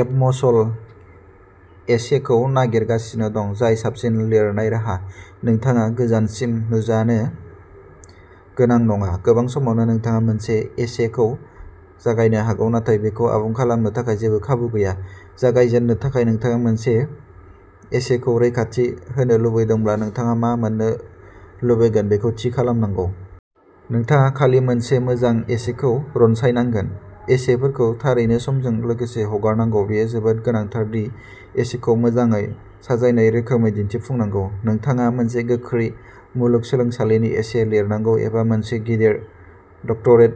एब मसल एसेखौ नागिरगासिनो दं, जाय साबसिन लिरनाय राहा, नोंथाङा गोजानसिम नुजानो गोनां नङा। गोबां समावनो नोंथाङा मोनसे एसेखौ जागायनो हागौ, नाथाय बेखौ आबुं खालामनो थाखाय जेबो खाबु गैया। जागायजेननो थाखाय, नोंथाङा मोनसे एसेखौ रैखाथि होनो लुबैदोंब्ला, नोंथाङा मा मोन्नो लुबैगोन बेखौ थि खालामनांगौ। नोंथाङा खालि मोनसे मोजां एसेखौ रनसायनांगोन। एसेफोरखौ थारैनो समजों लोगोसे हरनांगौ। बेयो जोबोद गोनांथार दि एसेखौ मोजाङै साजायनाय रोखोमै दिन्थिफुंनांगौ। नोंथाङा मोनसे गोख्रै मुलुगसोलोंसालिनि एसे लिरनांगौ एबा मोनसे गिदिर डक्टरेट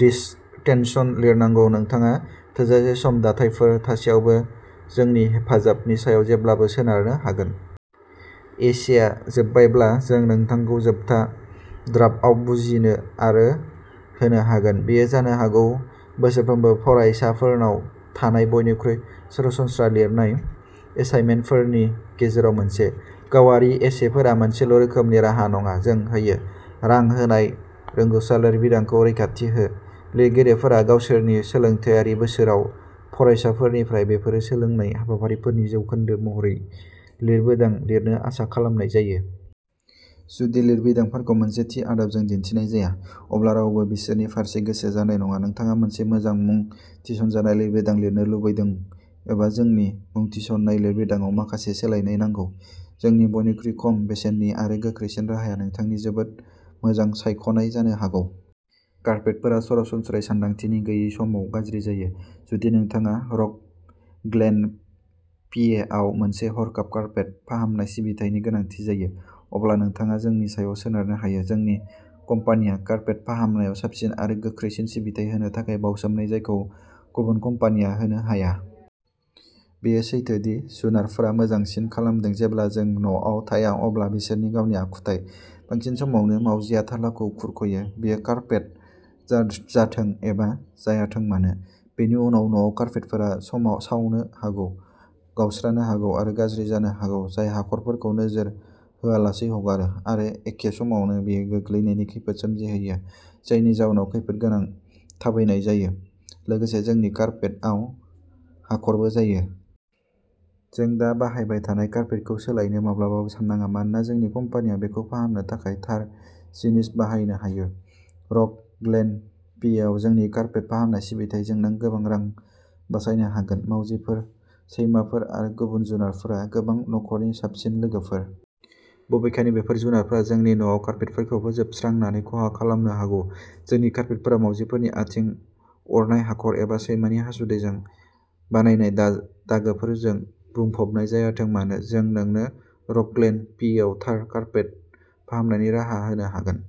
डिसर्टेशन लिरनांगौ, नोंथाङा थोजासे सम दाथायफोर थासेयावबो जोंनि हेफाजाबनि सायाव जेब्लाबो सोनारनो हागोन। एसेआ जोबबायब्ला, जों नोंथांखौ जोबथा ड्राफ्टआव बुजिनो आरो होनो हागोन। बेयो जानो हागौ बोसोरफ्रोमबो फरायसाफोरनाव थानाय बयनिख्रुइ सरासनस्रा लिरनाय एसाइनमेन्टफोरनि गेजेराव मोनसे। गावारि एसेफोरा मोनसेल'रोखोमनि राहा नङा। जों होयो। रां होनाय रोंग'सा लिरबिदांफोरखौ रैखाथि हो, लिरगिरिफोरा गावसोरनि सोलोंथायारि बोसोरफोराव, फरायसाफोरनिफ्राय बेफोर सोलोंनाय हाबाफारिफोरनि जौखोन्दो महरै लिरबिदां लिरनो आसा खालामनाय जायो। जुदि लिरबिदांफोरखौ मोनसे थि आदबजों दिन्थिनाय जाया, अब्ला रावबो बिसोरनि फारसे गोसो जानाय नङा। नोंथाङा मोनसे मोजां मुं थिसननाय लिरबिदां लिरनो लुबैदों एबा जोंनि मुं थिसननाय लिरबिदांआव माखासे सोलायनाय नांगौ, जोंनि बयनिख्रुइ खम बेसेननि आरो गोख्रैसिन राहाया नोंथांनि जोबोद मोजां सायख'नाय जानो हागौ। कार्पेटफोरा सरासनस्रायै सानदांथि गैयै समाव गाज्रि जायो। जुदि नोंथाङा रक ग्लेन, पिएआव मोनसे हरखाब कार्पेट फाहामनाय सिबिथायनि गोनांथि जायो, अब्ला नोंथाङा जोंनि सायाव सोनारनो हायो। जोंनि कम्पानिया कार्पेट फाहामनायाव साबसिन आरो गोख्रैसिन सिबिथाइ होनो थाखाय बावसोमनाय जायखौ गुबुन कम्पानिया होनो हाया। बेयो सैथो दि जुनारफोरा मोजांसिन खालामदों। जेब्ला नों न'आव थाया अब्ला बिसोरनि गावनि आखुथाय। बांसिन समावनो, मावजिआ थालाखौ खुरख'यो, बियो कारपेट जाथों एबा जायाथों मानो। बेनि उनाव, न'आव कारपेटफोरा सावनो हागौ, गावस्रानो हागौ आरो गाज्रि जानो हागौ, जाय हाखरफोरखौ नोजोर होआलासै हगारो, आरो एखे समावनो बेयो गोग्लैनायनि खैफोद सोमजिहोयो, जायनि जाउनाव खैफोदगोनां थाबायनाय जायो, लोगोसे नोंनि कारपेटआव हाखरबो जायो। नों दा बाहायबाय थानाय कारपेटखौ सोलायनो माब्लाबाबो साननाङा मानोना जोंनि कम्पानिया बेखौ फाहामनो थाखाय थार जिनिस बानायनो हायो। रक ग्लेन, पिएआव जोंनि कारपेट फाहामनाय सिबिथाइजों नों गोबां रां बासायनो हागोन। मावजिफोर, सैमाफोर आरो गुबुन जुनारफोरा गोबां नखरफोरनि साबसिन लोगोफोर। बबेखानि बेफोर जुनारफोरा नोंनि न'आव कारपेटफोरखौ फोजोबस्रांनानै खहा खालामनो हागौ। नोंनि कारपेटफोरा मावजिफोरनि आथिं, अरनाय हाखर एबा सैमानि हासुदैजों बानायनाय दागोफोरजों बुंफबनाय जायाथों मानो, जों नोंनो रक ग्लेन, पिएआव थार कारपेट फाहामनायनि राहा होनो हागोन।